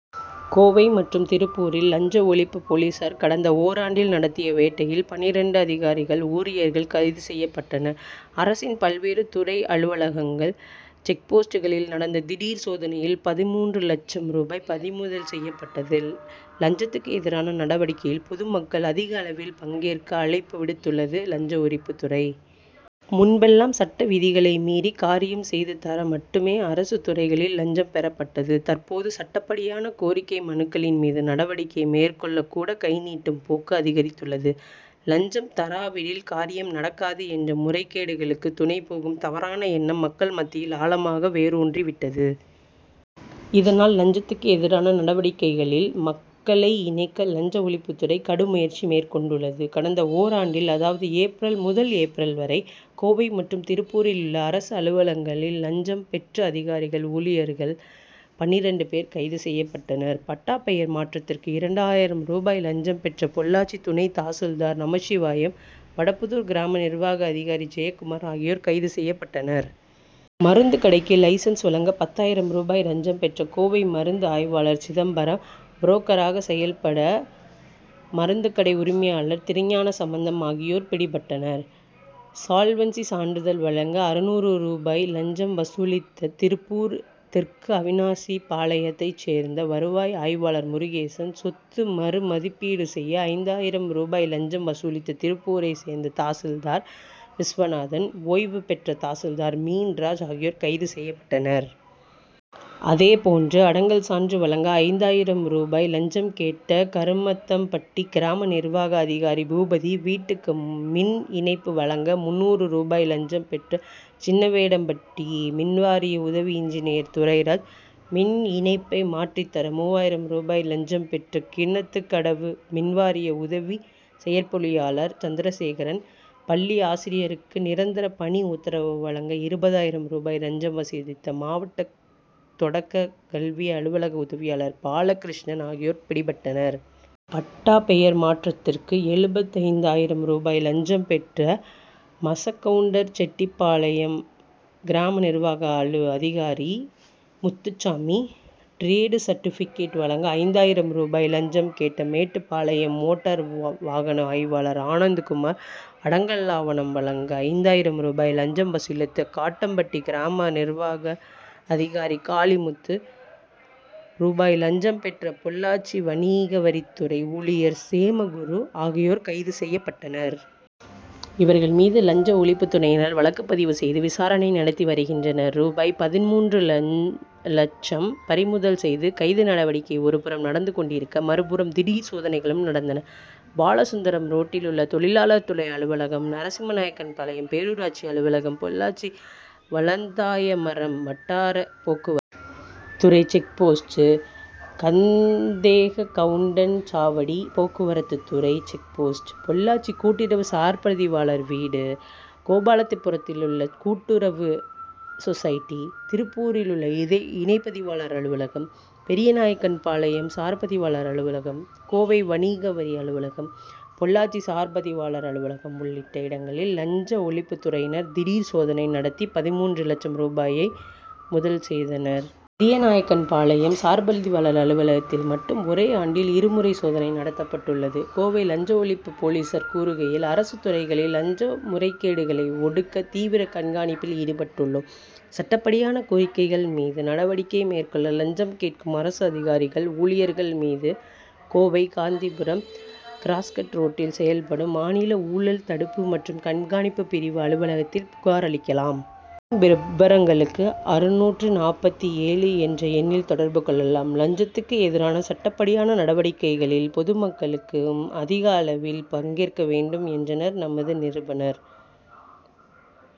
கோவை மற்றும் திருப்பூரில், லஞ்ச ஒழிப்பு போலீசார் கடந்த ஓராண்டில் நடத்திய வேட்டையில் பன்னிரண்டு அதிகாரிகள், ஊழியர்கள் கைது செய்யப்பட்டனர். அரசின் பல்வேறு துறை அலுவலகங்கள், செக்போஸ்ட்களில் நடந்த திடீர் சோதனையில் பதிமூன்று லட்சம் ரூபாய் பறிமுதல் செய்யப்பட்டது. லஞ்சத்துக்கு எதிரான நடவடிக்கையில் பொதுமக்கள் அதிகளவில் பங்கேற்க அழைப்பு விடுத்துள்ளது, லஞ்ச ஒழிப்புத்துறை. முன்பெல்லாம், சட்டவிதிகளை மீறி காரியம் செய்து தர மட்டுமே அரசு துறைகளில் லஞ்சம் பெறப்பட்டது. தற்போது, சட்டப்படியான கோரிக்கை மனுக்களின் மீது நடவடிக்கை மேற்கொள்ளக்கூட, கைநீட்டும் போக்கு அதிகரித்துள்ளது. லஞ்சம் தராவிடில் காரியம் நடக்காது என்ற, முறைகேடுகளுக்கு துணைபோகும் தவறான எண்ணம், மக்கள் மத்தியில் ஆழமாக வேரூன்றிவிட்டது. இதனால், லஞ்சத்துக்கு எதிரான நடவடிக்கைகளில் மக்களை இணைக்க லஞ்ச ஒழிப்புத்துறை கடும் முயற்சி மேற்கொண்டுள்ளது. கடந்த ஓராண்டில், அதாவது, ஏப்ரல் முதல் ஏப்ரல் வரை, கோவை மற்றும் திருப்பூரிலுள்ள அரசு அலுவலகங்களில் லஞ்சம் பெற்ற அதிகாரிகள், ஊழியர்கள் பன்னிரண்டு பேர் கைது செய்யப்பட்டனர். பட்டா பெயர் மாற்றத்துக்கு இரண்டாயிரம் ரூபாய் லஞ்சம் பெற்ற பொள்ளாச்சி துணைதாசில்தார் நமசிவாயம், வடபுதூர் கிராம நிர்வாக அதிகாரி ஜெயகுமார் ஆகியோர் கைது செய்யப்பட்டனர். மருந்துக்கடைக்கு லைசென்ஸ் வழங்க பத்தாயிரம் ரூபாய் லஞ்சம் பெற்ற கோவை மருந்து ஆய்வாளர் சிதம்பரம், புரோக்கராக செயல்பட்ட மருந்துக்கடை உரிமையாளர் திருஞானசம்மந்தம் ஆகியோர் பிடிபட்டனர். சால்வன்சி' சான்றிதழ் வழங்க அறுநூறு ரூபாய் லஞ்சம் வசூலித்த திருப்பூர் தெற்கு அவிநாசிபாளையத்தைச் சேர்ந்த வருவாய் ஆய்வாளர் முருகேசன், சொத்து மறு மதிப்பீடு செய்ய ஐந்தாயிரம் ரூபாய் லஞ்சம் வசூலித்த திருப்பூரைச் சேர்ந்த தாசில்தார் விஸ்வநாதன், ஓய்வு பெற்ற தாசில்தார் மீன்ராஜ் ஆகியோர் கைது செய்யப்பட்டனர். அதே போன்று, அடங்கல் சான்று வழங்க ஐந்தாயிரம் ரூபாய் லஞ்சம் கேட்ட கருமத்தம்பட்டி கிராம நிர்வாக அதிகாரி பூபதி, வீட்டுக்கு மின் இணைப்பு வழங்க முந்நூறு ரூபாய் லஞ்சம் பெற்ற சின்னவேடம்பட்டி மின்வாரிய உதவி இன்ஜினியர் துரைராஜ், மின் இணைப்பை மாற்றித்தர மூவாயிரம் ரூபாய் லஞ்சம் பெற்ற கிணத்துக்கடவு மின்வாரிய உதவி செயற்பொறியாளர் சந்திரசேகரன், பள்ளி ஆசிரியருக்கு நிரந்தர பணி உத்தரவு வழங்க இருபதாயிரம் ரூபாய் லஞ்சம் வசூலித்த மாவட்ட தொடக்கல்வி அலுவலக உதவியாளர் பாலகிருஷ்ணன் ஆகியோர் பிடிபட்டனர். பட்டா பெயர் மாற்றத்துக்கு எழுபத்தைந்தாயிரம் ரூபாய் லஞ்சம் பெற்ற மசக்கவுண்டன்செட்டிபாளையம் கிராம நிர்வாக அதிகாரி முத்துசாமி, டிரேடு சர்ட்டிபிகேட் வழங்க ஐந்தாயிரம் ரூபாய் லஞ்சம் கேட்ட மேட்டுப்பாளையம் மோட்டார் வாகன ஆய்வாளர் ஆனந்தகுமார், அடங்கல் ஆவணம் வழங்க ஐந்தாயிரம் ரூபாய் லஞ்சம் வசூலித்த காட்டம்பட்டி கிராம நிர்வாக அதிகாரி காளிமுத்து, ரூபாய் லஞ்சம் பெற்ற பொள்ளாச்சி வணிகவரித்துறை ஊழியர் சேமகுரு ஆகியோர் கைது செய்யப்பட்டனர். இவர்கள் மீது லஞ்ச ஒழிப்புத்துறையினர் வழக்குப்பதிவு செய்து விசாரணை நடத்தி வருகின்றனர். ரூ.பதிமூன்று லட்சம் பறிமுதல் கைது நடவடிக்கை ஒருபுறம் நடந்து கொண்டிருக்க, மறுபுறம் திடீர் சோதனைகளும் நடந்தன. பாலசுந்தரம் ரோட்டிலுள்ள தொழிலாளர் துறை அலுவலகம், நரசிம்மநாயக்கன்பாளையம் பேரூராட்சி அலுவலகம், பொள்ளாச்சி வளந்தாயமரம் வட்டார போக்குவரத்து துறை செக்போஸ்ட், கந்தேககவுண்டன் சாவடி போக்குவரத்து துறை செக்போஸ்ட், பொள்ளாச்சி கூட்டுறவு சார் பதிவாளர் வீடு, கோபாலபுரத்திலுள்ள கூட்டுறவு சொசைட்டி, திருப்பூரிலுள்ள இணைப்பதிவாளர் அலுவலகம், பெரியநாயக்கன்பாளையம் சார் பதிவாளர் அலுவலகம், கோவை வணிகவரி அலுவலகம், பொள்ளாச்சி சார் பதிவாளர் அலுவலகம் உள்ளிட்ட இடங்களில் லஞ்ச ஒழிப்புத்துறையினர் திடீர் சோதனை நடத்தி பதிமூன்று லட்சம் ரூபாயை முதல் செய்தனர். பெரியநாயக்கன்பாளையம் சார் பதிவாளர் அலுவலகத்தில் மட்டும் ஒரே ஆண்டில் இரு முறை சோதனை நடத்தப்பட்டுள்ளது. கோவை லஞ்ச ஒழிப்பு போலீசார் கூறுகையில், அரசுத்துறைகளில் லஞ்ச முறைகேடுகளை ஒடுக்க தீவிர கண்காணிப்பில் ஈடுபட்டுள்ளோம். சட்டப்படியான கோரிக்கைகள் மீது நடவடிக்கை மேற்கொள்ள லஞ்சம் கேட்கும் அரசு அதிகாரிகள், ஊழியர்கள் மீது கோவை, காந்திபுரம், கிராஸ்கட் ரோட்டில் செயல்படும் மாநில ஊழல் தடுப்பு மற்றும் கண்காணிப்பு பிரிவு அலுவலகத்தில் புகார் அளிக்கலாம். மேலும் விபரங்களுக்கு அறுநூற்று நாற்பத்தேழு என்ற எண்ணில் தொடர்பு கொள்ளலாம். லஞ்சத்துக்கு எதிரான சட்டப்படியான நடவடிக்கைகளில் பொதுமக்களும் அதிகளவில் பங்கேற்ற வேண்டும்' என்றனர். நமது நிருபுனர் -